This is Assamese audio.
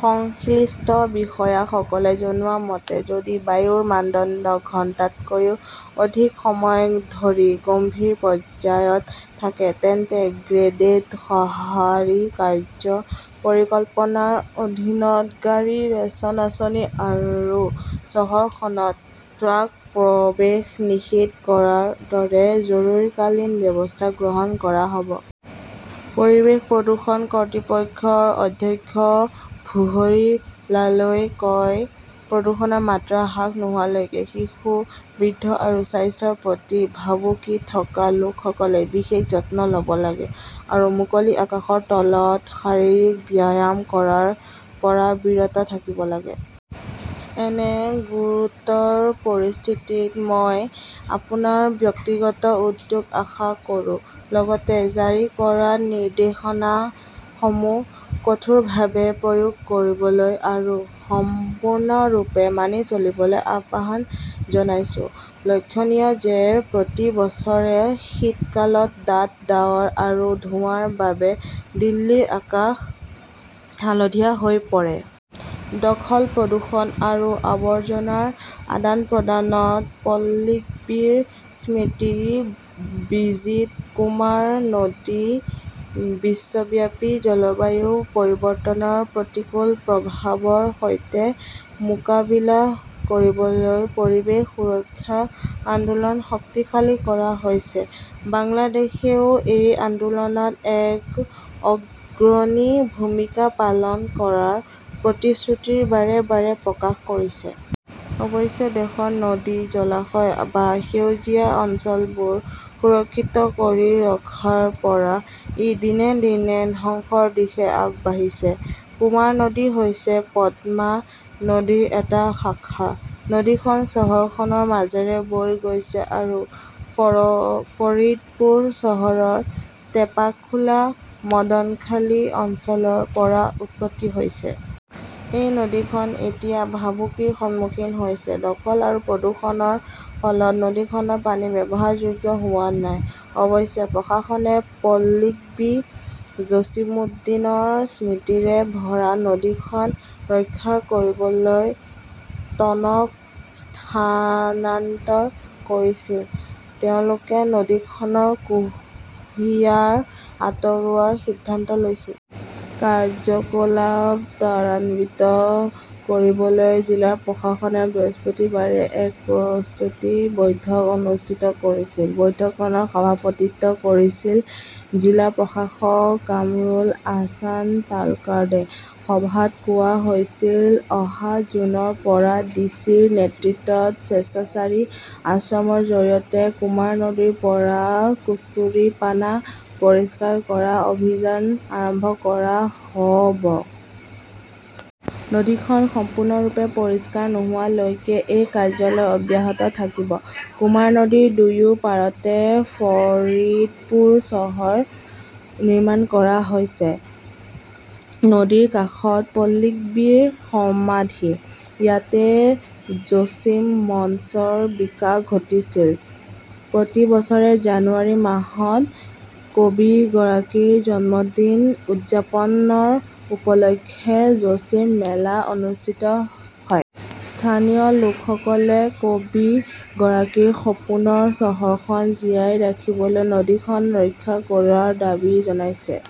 সংশ্লিষ্ট বিষয়াসকলে জনোৱা মতে, যদি বায়ুৰ মানদণ্ড ঘণ্টাতকৈও অধিক সময় ধৰি গম্ভীৰ পৰ্যায়ত থাকে তেন্তে গ্ৰেডেড সঁহাৰি কাৰ্য্য পৰিকল্পনাৰ অধীনত গাড়ী ,ৰেচন আঁচনি আৰু চহৰখনত ট্ৰাক প্ৰৱেশ নিষিদ্ধ কৰাৰ দৰে জৰুৰীকালীন ব্যৱস্থা গ্ৰহণ কৰা হ 'ব। পৰিৱেশ প্ৰদূষণ কৰ্তৃপক্ষৰ অধ্যক্ষ ভুহৰী লালই কয় প্ৰদূষণৰ মাত্ৰা হ্ৰাস নোহোৱালৈকে শিশু, বৃদ্ধ আৰু স্বাস্থ্যৰ প্ৰতি ভাবুকি থকা লোকসকলে বিশেষ যত্ন ল'ব লাগে আৰু মুকলি আকাশৰ তলত শাৰীৰিক ব্যায়াম কৰাৰ পৰা বিৰত থাকিব লাগে। এনে গুৰুতৰ পৰিস্থিতিত মই আপোনাৰ ব্যক্তিগত উদ্যোগ আশা কৰোঁ। লগতে, জাৰি কৰা নিৰ্দেশনাসমূহ কঠোৰভাৱে প্ৰয়োগ কৰিবলৈ আৰু সম্পূৰ্ণৰূপে মানি চলিবলৈ আহ্বান জনাইছো। লক্ষণীয় যে প্ৰতি বছৰে শীতকালত ডাঠ ডাৱৰ আৰু ধোঁৱাৰ বাবে দিল্লীৰ আকাশ হালধীয়া হৈ পৰে। দখল প্ৰদূষণ আৰু আৱৰ্জনাৰ আদান-প্ৰদানত পল্লিকবীৰ স্মৃতি-বিজিত কুমাৰ নদী বিশ্বব্যাপী জলবায়ু পৰিৱৰ্তনৰ প্ৰতিকূল প্ৰভাৱৰ সৈতে মোকাবিলা কৰিবলৈ পৰিৱেশ সুৰক্ষা আন্দোলন শক্তিশালী কৰা হৈছে। বাংলাদেশেও এই আন্দোলনত এক অগ্ৰণী ভূমিকা পালন কৰাৰ প্ৰতিশ্ৰুতি বাৰে -বাৰে প্ৰকাশ কৰিছে। অৱশ্যে দেশৰ নদী, জলাশয় বা সেউজীয়া অঞ্চলবোৰ সুৰক্ষিত কৰি ৰখাৰ পৰা ই দিনে- দিনে ধ্বংসৰ দিশে আগবাঢ়িছে। কুমাৰ নদী হৈছে পদ্মা নদীৰ এটা শাখা। নদীখন চহৰখনৰ মাজেৰে বৈ গৈছে আৰু ফৰিদপুৰ চহৰৰ টেপাখোলা মদনখালী অঞ্চলৰ পৰা উৎপত্তি হৈছে। এই নদীখন এতিয়া ভাবুকিৰ সন্মুখীন হৈছে। দখল আৰু প্ৰদূষণৰ ফলত নদীখনৰ পানী ব্যৱহাৰযোগ্য হোৱা নাই। অৱশেষত প্ৰশাসনে পল্লিকবী জছিমুদ্দিনৰ স্মৃতিৰে ভৰা নদীখন ৰক্ষা কৰিবলৈ টনক স্থানান্তৰ কৰিছিল। তেওঁলোকে নদীখনৰ কুঁহিয়াৰ আঁতৰোৱাৰ সিদ্ধান্ত লৈছে। কাৰ্যকলাপ ত্বৰান্বিত কৰিবলৈ জিলা প্ৰশাসনে বৃহস্পতিবাৰে এক প্ৰস্তুতি বৈঠক অনুষ্ঠিত কৰিছিল। বৈঠকখনৰ সভাপতিত্ব কৰিছিল জিলা প্ৰশাসক কামৰুল আহছান তালকাৰ্ডে। সভাত কোৱা হৈছিল অহা জুনৰ পৰা ডি চি ৰ নেতৃত্বত স্বেচ্ছাচাৰী আশ্ৰমৰ জৰিয়তে কুমাৰ নদীৰ পৰা কুচুৰিপানা পৰিষ্কাৰ কৰা অভিযান আৰম্ভ কৰা হ' ব। নদীখন সম্পূৰ্ণৰূপে পৰিষ্কাৰ নোহোৱালৈকে এই কাৰ্যকলাপ অব্যাহত থাকিব। কুমাৰ নদীৰ দুয়ো পাৰতে ফৰিদপুৰ চহৰ নিৰ্মাণ কৰা হৈছে। নদীৰ কাষত পল্লিকবীৰ সমাধি। ইয়াতেই জছিম মঞ্চৰ বিকাশ ঘটিছিল। প্ৰতি বছৰে জানুৱাৰী মাহত কবিগৰাকীৰ জন্মদিন উদযাপনৰ উপলক্ষে জছিম মেলা অনুষ্ঠিত হয়। স্থানীয় লোকসকলে কবিগৰাকীৰ সপোনৰ চহৰখন জীয়াই ৰাখিবলৈ নদীখন ৰক্ষা কৰাৰ দাবী জনাইছে।